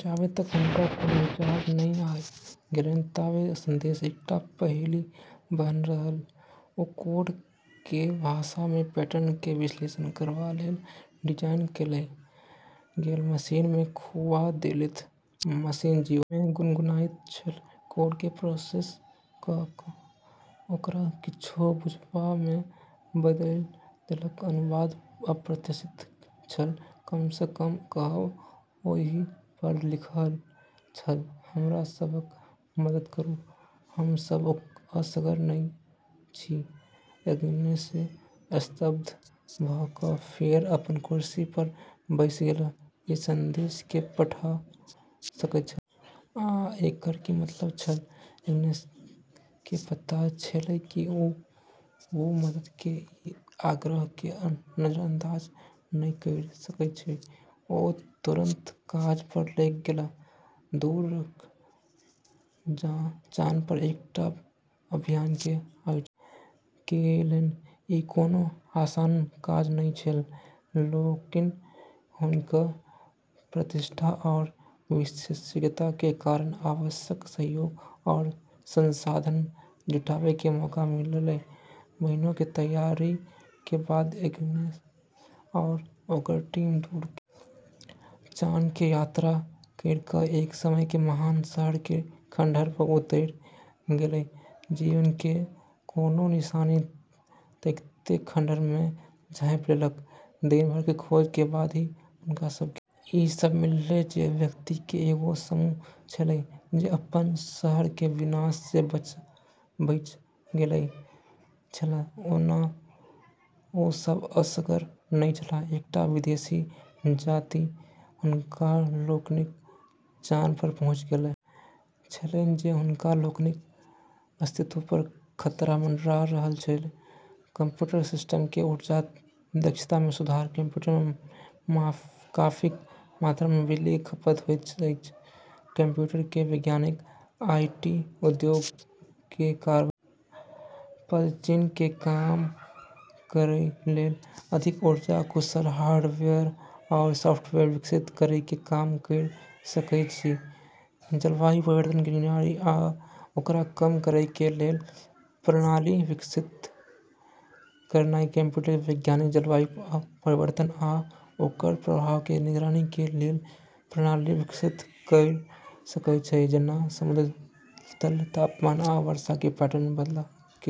जाबे तक हुनका कोनो विचार नै आबि गेलैन ताबे संदेश एकटा पहेली बनल रहल ओ कोड कए भाषा मे पैटर्न क विश्लेषण करबा लेल डिजाइन कैल गेल मशीन मे खुआ देलथि, मशीन जीवन मे गुनगुनाइत छल, कोड के प्रोसेस क क ओकरा किछु बुझबा मे बदलि देलक, अनुवाद अप्रत्याशित छल, कम स कम कहब, ओहि पर लिखल छल हमरा सभक मदद करू, हम सभ असगर नहि छी, एग्नेस स्तब्ध भ क फेर अपन कुर्सी पर बैसि गेलीह, ई संदेश के पठा सकैत छल? आ एकर की मतलब छल? एग्नेस के पता छेलै कि वू मदद के ई आग्रह के नजरअंदाज नै करी सकै छै ओ तुरंत काज पर लागि गेलीह, दूरक चान पर एकटा अभियानक आयोजन केलनि ई कोनो आसान काज नै छेलै, लेकिन हुनकऽ प्रतिष्ठा आरू विशेषज्ञता के कारण आवश्यक सहयोग आरू संसाधन जुटाबै के मौका मिललै, महीनों के तैयारी के बाद एग्नेस आरू ओकरऽ टीम दूर के चान के यात्रा करी के एक समय के महान शहर के खंडहर पर उतरी गेलै, जीवनक कोनो निशानी तकैत खंडहर मे झाँपि लेलक दिन भर के खोज के बाद ही हुनका सब के ई सब मिललै जे व्यक्ति के एगो समूह छेलै जे अपनऽ शहर के विनाश से बची गेलऽ छेलै ओना ओ सभ असगर नहि छलाह, एकटा विदेशी जाति हुनका लोकनिक चान पर पहुँचि गेल छलनि जे हुनका लोकनिक अस्तित्व पर खतरा मंडरा रहल छलनि, कम्प्यूटर सिस्टम के ऊर्जा दक्षता में सुधार कम्प्यूटर में काफी मात्रा में बिजली के खपत होइत अछि कंप्यूटर वैज्ञानिक आईटी उद्योग केरऽ कार्बन पदचिह्न के कम करै लेली अधिक ऊर्जा कुशल हार्डवेयर आरू सॉफ्टवेयर विकसित करै के काम करी सकै छै, जलवायु परिवर्तन कें निगरानी आ ओकरा कम करय कें लेल प्रणाली विकसित करनाय कंप्यूटर वैज्ञानिक जलवायु परिवर्तन आ ओकर प्रभावक कें निगरानी कें लेल प्रणाली विकसित कयर सकय छै जेना समुद्र तल, तापमान आ वर्षा कें पैटर्न मे बदलाव के।